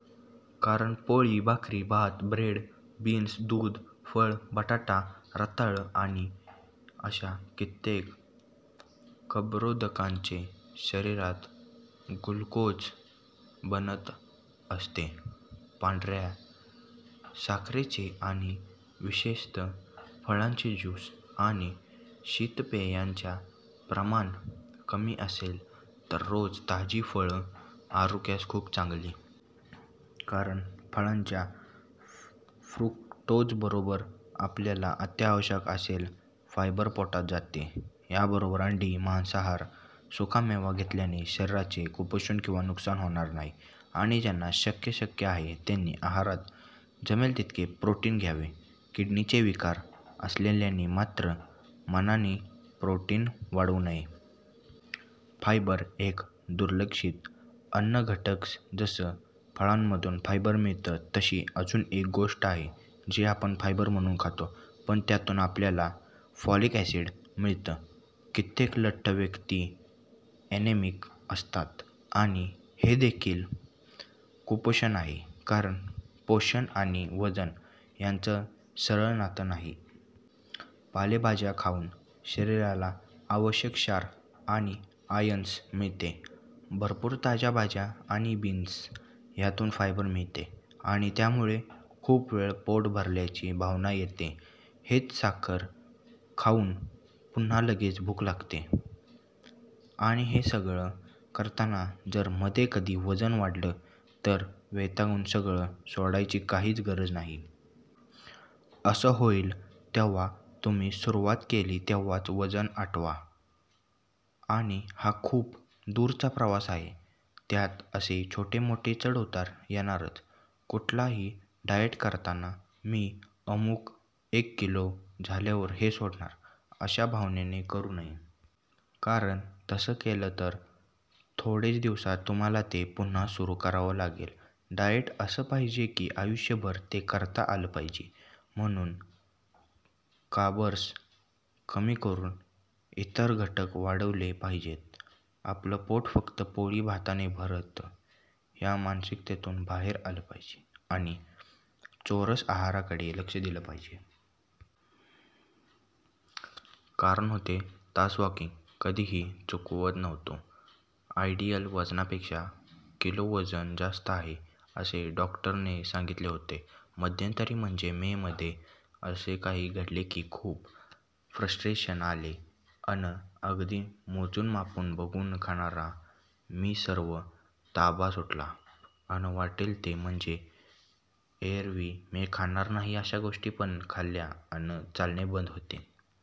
कारण पोळी, भाकरी, भात, ब्रेड, बीन्स, दूध, फळं, बटाटा, रताळं या आणि अशा कित्येक कर्बोदकांचे शरीरात ग्लुकोज बनत असते. पांढऱ्या साखरेचे आणि विशेषतः फळांचे जूस आणि शीतपेयांच्या प्रमाण कमी असेल तर रोज ताजी फळं आरोग्यास खूप चांगली. कारण फळांच्या फ्रुकटोजबरोबर आपल्याला अत्यावश्यक असेल फायबर पोटात जाते. याबरोबर अंडी, मांसाहार, सुकामेवा घेतल्याने शरीराचे कुपोषण किंवा नुकसान होणार नाही. आणि ज्यांना शक्य शक्य आहे त्यांनी आहारात जमेल तिथे प्रोटीन घ्यावे. किडनीचे विकार असलेल्यांनी मात्र मनानी प्रोटीन वाढवू नये. फायबर: एक दुर्लक्षित अन्नघटकजसं फळांमधून फायबर मिळतं तशी अजून एक गोष्ट आहे जी आपण फायबर म्हणून खातो पण त्यातून आपल्याला फॉलीक ऍसिड मिळतं. कित्येक लठ्ठ व्यक्ती ऍनिमिक असतात. आणि हेदेखील कुपोषण आहे. कारण पोषण आणि वजन याचं सरळ नातं नाही. पालेभाज्या खाऊन शरीराला आवश्यक क्षार आणि आयर्न मिळते. भरपूर ताज्या भाज्या आणि बीन्स यातून फायबर मिळते आणि त्यामुळे खूप वेळ पोट भरल्याची भावना येते. हेच साखर खाऊन पुन्हा लगेच भूक लागते. आणि हे सगळं करताना जर मध्ये कधी वजन वाढलं, तर वैतागून सगळं सोडायची काहीच गरज नाही. असं होईल तेव्हा तुम्ही सुरुवात केली तेव्हाच वजन आठवा. आणि हा खूप दूरचा प्रवास आहे. त्यात असे छोटे मोठे चढ उतार येणारच! कुठलंही डाएट करताना "मी अमुक एक किलो झाल्यावर हे सोडणार" अशा भावनेने करू नये. कारण तसं केलं तर थोडेच दिवसात तुम्हाला ते पुन्हा सुरु करावं लागेल. डाएट असं पाहिजे की आयुष्यभर ते करता आलं पाहिजे. म्हणून कार्ब्स कमी करून इतर घटक वाढवले पाहिजेत. आपलं पोट फक्त पोळी, भाताने भरतं या मानसिकतेतून बाहेर आलं पाहिजे आणि चौरस आहाराकडे लक्ष दिलं पाहिजे. कारण होते तास वॉकींग. कधीही चुकवत नव्हतो. आयडीयल वजनापेक्षा किलो वजन जास्त आहे असे डॉ ने सांगितले होते. मध्यंतरी म्हणजे मे मधे असे काही घडले की खुप फ्रस्टेशन आले अन अगदी मोजुन मापुन बघुन खाणारा मीसर्व ताबा सुटला अन वाट्टेल ते म्हणजे एअरवी मी खाणार नाही अशा गोष्टी पण खाल्ल्या अन चालणे बंद होते.